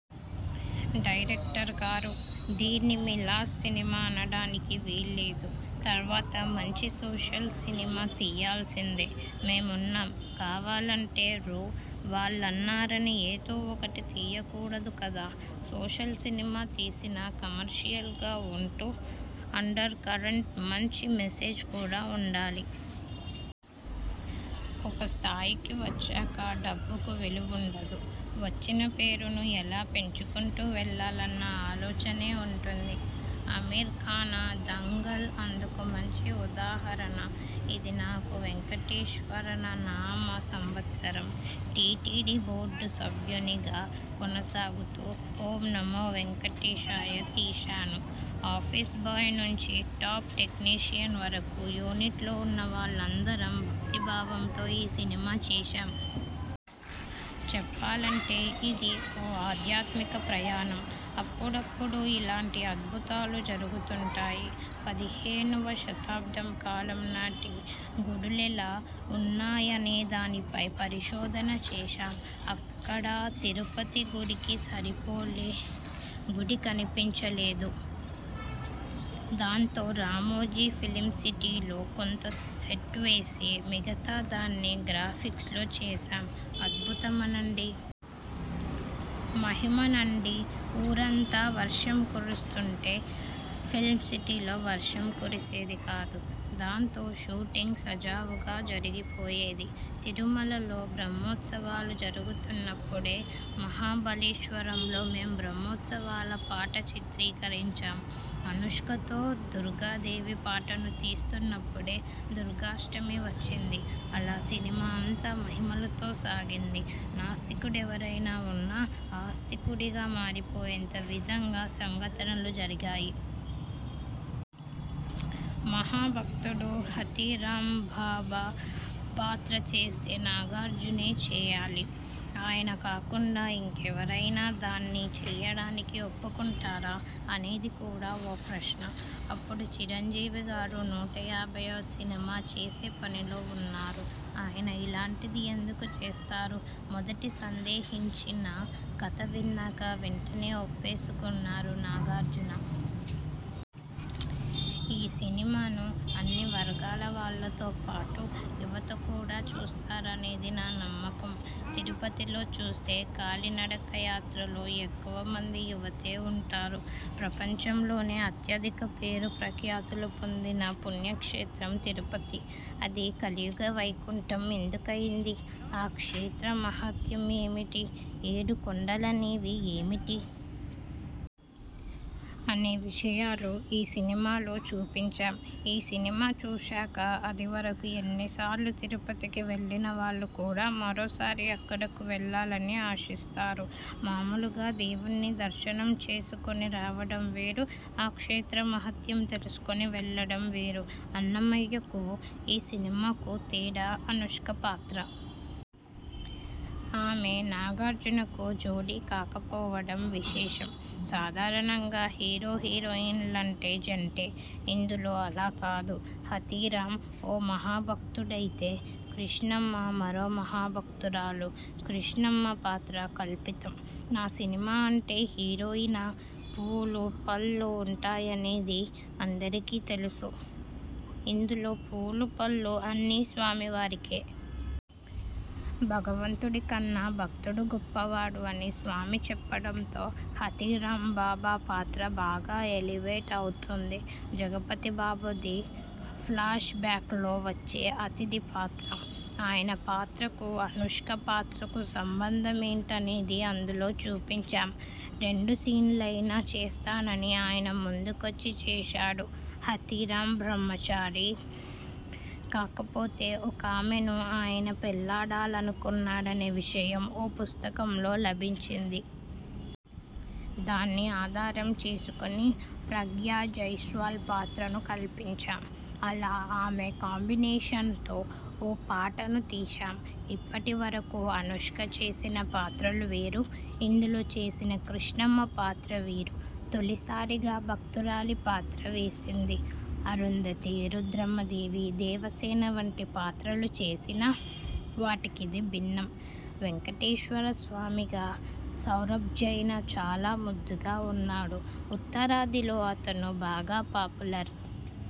Director గారు. దీన్ని మీ లాస్ట్ సినిమా అనడానికి వీల్లేదు. తర్వాత మంచి సోషల్ సినిమా తియ్యాల్సిందే. మేం ఉన్నాం. కావాలంటే రూ. వాళ్లన్నారని ఏదో ఒకటి తియ్యకూడదు కదా. సోషల్ సినిమా తీసినా, కమర్షియల్గా ఉంటూ అండర్ కరెంట్ మంచి మెసేజ్ కూడా ఉండాలి. ఒక స్థాయికి వచ్చాక డబ్బుకు విలువుండదు. వచ్చిన పేరును ఎలా పెంచుకుంటూ వెళ్లాలన్న ఆలోచనే ఉంటుంది. అమీర్ఖాన 'దంగల్' అందుకు మంచి ఉదాహరణ ఇది నాకు వేంకటేశ్వరననామ సంవత్సరం. టీటీడీ బోర్డు సభ్యునిగా కొనసాగుతూ, 'ఓం నమో వేంకటేశాయ' తీశాను. ఆఫీస్ బాయ్ నుంచి టాప్ టెక్నీషియన్ వరకూ యూనిట్లో ఉన్నవాళ్లందరం భక్తిభావంతో ఈ సినిమా చేశాం. చెప్పాలంటే ఇది ఓ ఆధ్యాత్మిక ప్రయాణం. అప్పుడప్పుడూ ఇలాంటి అద్భుతాలు జరుగుతుంటాయి. పదిహేనువ శతాబ్దం కాలం నాటి గుడులెలా ఉన్నాయనేదానిపై పరిశోధన చేశాం అక్కడా తిరుపతి గుడికి సరిపోలే గుడి కనిపించలేదు. దాంతో రామోజీ ఫిల్మ్సిటీలో కొంత సెట్ వేసి, మిగతా దాన్ని గ్రాఫిక్స్లో చేశాం. అధ్బుతమనండి.. మహిమనండి.. ఊరంతా వర్షం కురుస్తుంటే ఫిల్మ్సిటీలో వర్షం కురిసేది కాదు. దాంతో షూటింగ్ సజావుగా జరిగిపోయేది. తిరుమలలో బ్రహ్మోత్సవాలు జరుగుతున్నప్పుడే మహాబలేశ్వరంలో మేం బ్రహ్మోత్సవాల పాట చిత్రీకరించాం. అనుష్కతో దుర్గాదేవి పాటను తీస్తున్నప్పుడే దుర్గాష్టమి వచ్చింది. అలా సినిమా అంతా మహిమలతో సాగింది. నాస్తికుడెవరైనా ఉన్నా ఆస్తికుడిగా మారిపోయేంత విధంగా సంఘటనలు జరిగాయి. మహాభక్తుడు హాథీరామ్బాబా పాత్ర చేస్తే నాగార్జునే చెయ్యాలి. ఆయన కాకుండా ఇంకెవరైనా దాన్ని చెయ్యడానికి ఒప్పుకుంటారా? అనేది కూడా ఓ ప్రశ్న. అప్పుడు చిరంజీవిగారు నూట యాభైవ సినిమా చేసే పనిలో ఉన్నారు ఆయన ఇలాంటిది ఎందుకు చేస్తారు? మొదట సందేహించినా కథ విన్నాక వెంటనే ఒప్పేసుకున్నారు నాగార్జున. ఈ సినిమాను అన్ని వర్గాలవాళ్లతో పాటు యువత కూడా చూస్తారనేది నా నమ్మకం. తిరుపతిలో చూస్తే కాలినడక యాత్రలో ఎక్కువమంది యువతే ఉంటారు. ప్రపంచంలోనే అత్యధిక పేరు ప్రఖ్యాతులు పొందిన పుణ్యక్షేత్రం తిరుపతి. అది 'కలియుగ వైకుంఠం' ఎందుకయ్యింది? ఆ క్షేత్ర మహాత్యం ఏమిటి? ఏడు కొండలనేవి ఏమిటి? అనే విషయాలు ఈ సినిమాలో చూపించాం. ఈ సినిమా చూశాక అదివరకు ఎన్నిసార్లు తిరుపతికి వెళ్లినవాళ్లు కూడా మరోసారి అక్కడకు వెళ్లాలని ఆశిస్తారు. మామూలుగా దేవుడ్ని దర్శనం చేసుకుని రావడం వేరు, ఆ క్షేత్ర మహాత్యం తెలుసుకొని వెళ్లడం వేరు. 'అన్నమయ్య'కూ, ఈ సినిమాకూ తేడా అనుష్క పాత్ర. ఆమె నాగార్జునకు జోడీ కాకపోవడం విశేషం. సాధారణంగా హీరో హీరోయిన్లంటే జంటే. ఇందులో అలా కాదు. హాథీరాం ఓ మహాభక్తుడైతే, కృష్ణమ్మ మరో మహాభక్తురాలు. కృష్ణమ్మ పాత్ర కల్పితం. నా సినిమా అంటే హీరోయిన, పూలు, పళ్లు ఉంటాయనేది అందరికీ తెలుసు. ఇందులో పూలు, పళ్లు అన్నీ స్వామివారికే. భగవంతుడికన్నా భక్తుడు గొప్పవాడు అని స్వామి చెప్పడంతో హాథీరామ్బాబా పాత్ర బాగా ఎలివేట్ అవుతుంది. జగపతిబాబుది ఫ్లాష్బ్యాక్లో వచ్చే అతిథి పాత్ర. ఆయన పాత్రకూ, అనుష్క పాత్రకూ సంబంధమేంటనేది అందులో చూపించాం. రెండు సీన్లయినా చేస్తానని ఆయన ముందుకొచ్చి చేశాడు. హాథీరామ్ బ్రహ్మచారి. కాకపోతే ఒకామెను ఆయన పెళ్లాడాలనుకున్నాడనే విషయం ఓ పుస్తకంలో లభించింది. దాన్ని ఆధారం చేసుకొని ప్రగ్యా జైస్వాల్ పాత్రను కల్పించాం. అలా ఆమె కాంబినేషనతో ఓ పాటను తీశాం. ఇప్పటివరకూ అనుష్క చేసిన పాత్రలు వేరు, ఇందులో చేసిన కృష్ణమ్మ పాత్ర వేరు. తొలిసారిగా భక్తురాలి పాత్ర వేసింది. అరుంధతి, రుద్రమదేవి, దేవసేన వంటి పాత్రలు చేసినా, వాటికిది భిన్నం. వేంకటేశ్వరస్వామిగా సౌరభ్జైన చాలా ముద్దుగా ఉన్నాడు. ఉత్తరాదిలో అతను బాగా పాపులర్.